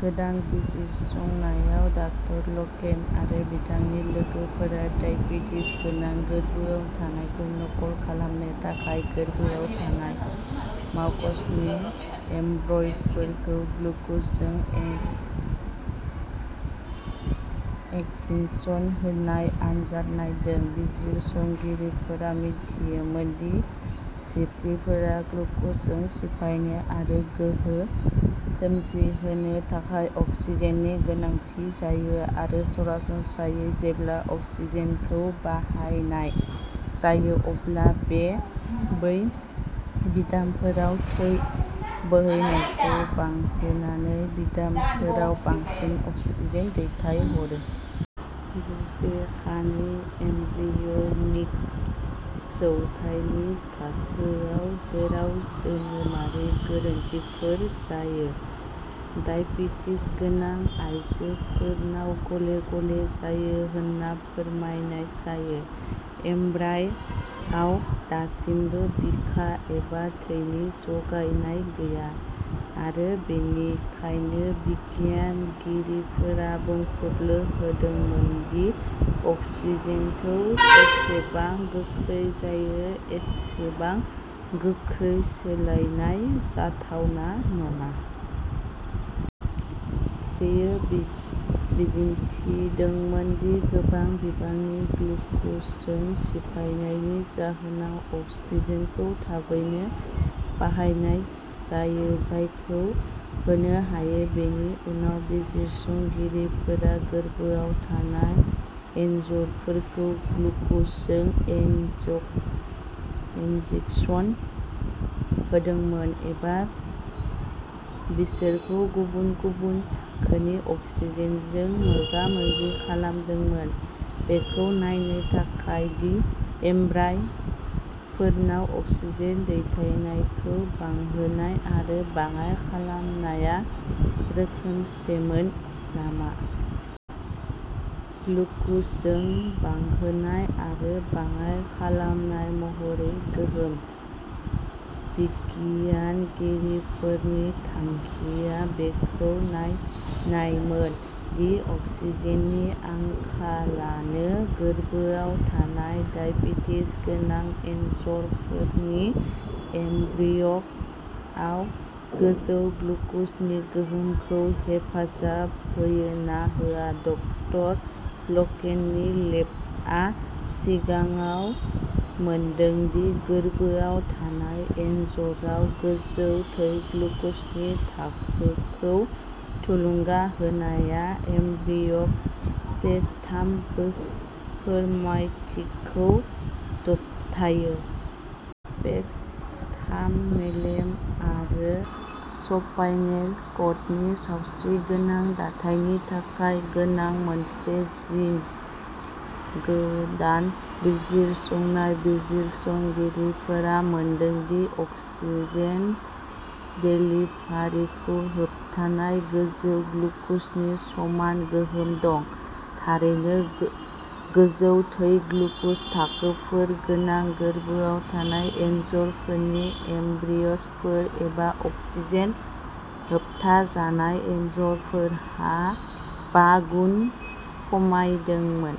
गोदान बिजिरसंनायाव, डाक्टर लकेन आरो बिथांनि लोगोफोरा दाइबेटिस गोनां गोर्बोआव थानायखौ नकल खालामनो थाखाय गोरबोआव थानाय माउसनि एम्ब्रय'फोरखौ ग्लुकजजों इन इनजेकसन होनाय आनजाद नायदोंमोन। बिजिरसंगिरिफोरा मिथियोमोन दि जिबख्रिफोरा ग्लुकजखौ सिफायनो आरो गोहो सोमजिहोनो थाखाय अक्सिजेननि गोनांथि जायो, आरो सरासनस्रायै, जेब्ला अक्सिजेनखौ बाहायनाय जायो, अब्ला बै बिदामफोराव थै बोहैनायखौ बांहोनानै बिदामफोराव बांसिन अक्सिजेन दैथायहरो। बबेखानि, एम्ब्रियनिक जौथायनि थाखोआव जेराव जोनोमारि गोरोन्थिफोर जायो। डायबेटिस गोनां आइजोफोरनाव गले गले जायो होनना फोरमायनाय जायो, एम्ब्राय'आव दासिमबो बिखा एबा थैनि जगायनाय गैया, आरो बेनिखायनो बिगियानगिरिफोरा बुंफुरलु होदोंमोन दि अक्सिजेनखौ जेसेबां गोख्रै जायो एसेबां गोख्रै सोलायनाय जाथावना नङा। बेयो बिदिन्थिदोंमोन दि गोबां बिबांनि ग्लुक'जों सिफायनायनि जाहोनाव अक्सिजेनखौ थाबैनो बाहायनाय जायो जायखौ होनो हायो। बेनि उनाव बिजिरसंगिरिफोरा गोरबोआव थानाय एनजर'फोरखौ ग्लुक'जजों इन्जक इन्जेकसन होदोंमोन, एबा बिसोरखौ गुबुन गुबुन थाखोनि अक्सिजेनजों मोगामोगि खालामदोंमोन बेखौ नायनो थाखाय दि एम्ब्राय'फोरनाव अक्सिजेन दैथायनायखौ बांहोनाय आरो बाङाइ खालामनाया रोखोमसेमोन नामा। ग्लुकजों बांहोनाय आरो बाङाइ खालामनाय महरै गोहोम। बिगियानगिरिफोरनि थांखिया बेखौ नायनायमोन दि अक्सिजेननि आंखालानो गोरबोआव थानाय दाइबेटिस गोनां एनजरफोरनि एमब्रिय'आव गोजौ ग्लुकजनि गोहोमखौ हेफाजाब होयो ना होआ। डाक्टार ल'केननि लेबआ सिगाङाव मोनदों दि गोरबोआव थानाय एनजराव गोजौ थै ग्लुकजनि थाखोखौ थुलुंगा होनाया एमब्रिय पेक्स थाम फोरमायथिखौ दबथायो। पेक्स थामआ मेलेम आरो स्पाइनेल कर्डनि सावस्रिगोनां दाथायनि थाखाय गोनां मोनसे जिन। गोदान बिजिरसंनायाव, बिजिरसंगिरिफोरा मोनदों दि अक्सिजेन देलिभारिखौ होबथानाय गोजौ ग्लुकजनि समान गोहोम दंमोन। थारैनो, गो गोजौ थै ग्लुकज थाखोफोर गोनां गोरबोआव थानाय एनजरफोरनि एमब्रिय'फोर, एबा अक्सिजेन होबथाजानाय एनजर'फोरहा बा गुन खमायदोंमोन।